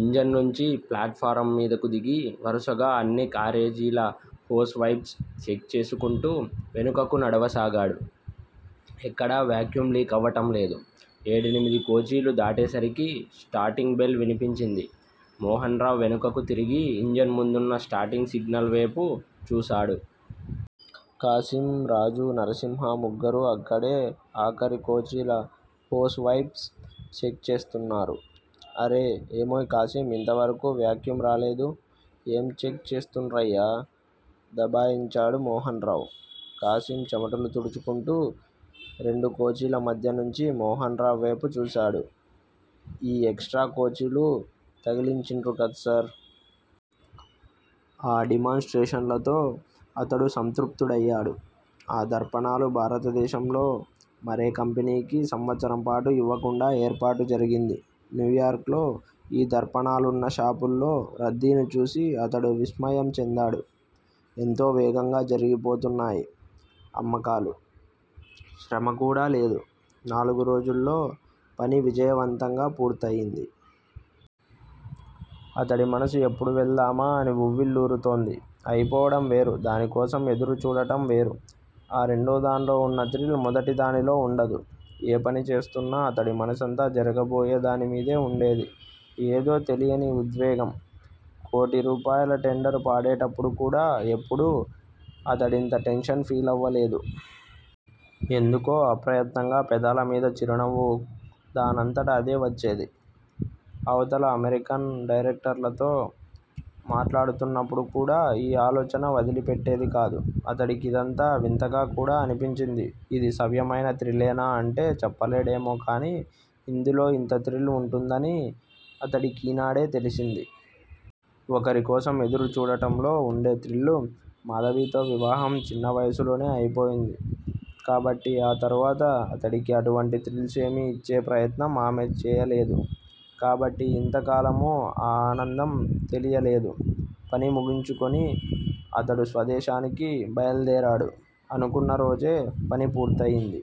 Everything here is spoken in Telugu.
ఇంజన్ నుంచి ఫ్లాట్ ఫారం మీదకు దిగి వరుసగా అన్నికారేజీల హోస్ పైప్స్ చెక్ చేసుకుంటూ వెనుకకు నడవసాగాడు. ఎక్కడా వ్యాక్యూమ్ లీక్ అవటం లేదు. ఏడెనిమిది కోచీలు దాటేసరికి స్టార్టింగ్ బెల్ వినిపించింది. మోహన్రావ్ వెనకకు తిరిగి ఇంజన్ ముందున్న స్టార్టింగ్ సిగ్నల్ వేపు చూశాడు. ఖాసిమ్, రాజు, నర్సింహ ముగ్గురూ అక్కడే ఆఖరికోచీలహోస్ పైప్స్ చెక్ చేస్తున్నారు. అరె, ఏమోయ్ ఖాసిమ్ ఇంతవరకూ వ్యాక్యూమ్ రాలేదు. ఏం చెక్ చేస్తున్రయ్యా దబాయించాడు మోహన్రావ్. ఖాసిమ్ చెమటలు తుడుచుకుంటూ రెండు కోచీల మధ్యనుంచి మోహన్రావ్ వేపు చూశాడు. ఈ ఎక్ స్ట్రా కోచీలు తగిలించిన్రుకద్సార్. ఆ డిమాన్ స్ట్రేషన్ లతో అతడు సంతృప్తుడయ్యాడు. ఆ దర్పణాలు భారతదేశంలో మరే కంపెనీకి సంవత్సరంపాటు ఇవ్వకుండా ఏర్పాటు జరిగింది. న్యూయార్క్ లో ఈ దర్పణాలున్న షాపుల్లో రద్దీని చూసి అతడు విస్మయం చెందాడు. ఎంతో వేగంగా జరిగిపోతున్నాయి అమ్మకాలు. శ్రమకూడా లేదు. నాలుగు రోజుల్లో పని విజయవంతంగా పూర్తయింది. అతడి మనసు ఎప్పుడు వెళ్దామా అని వువ్విళ్ళూరుతోంది. అయిపోవడం వేరు. దానికోసం ఎదురుచూడటం వేరు. ఆ రెండోదాన్లో వున్న థ్రిల్ మొదటిదానిలో వుండదు. ఏ పని చేస్తున్నా అతడి మనసంతా జరగబోయేదానిమీదే వుండేది. ఏదో తెలియని ఉద్వేగం. కోటి రూపాయల టెండరు పాడేటప్పుడు కూడా ఎపుడూ అతడింత టెన్షన్ ఫీలవలేదు. ఎందుకో అప్రయత్నంగా పెదాల మీద చిరునవ్వు దానంతట అదే వచ్చేది. అవతల అమెరికన్ డైరెక్టర్లతో మాట్లాడుతున్నప్పుడు కూడా ఈ ఆలోచన వదలిపెట్టేది కాదు. అతడి కిదంతా వింతగా కూడా అనిపించింది. ఇది సవ్యమైన థ్రిల్లేనా అంటే చెప్పలేడేమో కానీ ఇందులో ఇంత థ్రిల్ వుంటుందని అతడికీనాడే తెలిసింది. ఒకరికోసం ఎదురు చూడటంలో వుండే థ్రిల్లు! మాధవితో వివాహం చిన్న వయసులో అయిపోయింది. కాబట్టి ఆ తరువాత అతడికి అటువంటి థ్రిల్సేమీ ఇచ్చే ప్రయత్నం ఆమె చేయలేదు కాబట్టి ఇంతకాలమూ ఆ ఆనందం తెలియలేదు. పని ముగించుకుని అతడు స్వదేశానికి బయల్దేరాడు. అనుకున్న రోజే పని పూర్తయింది.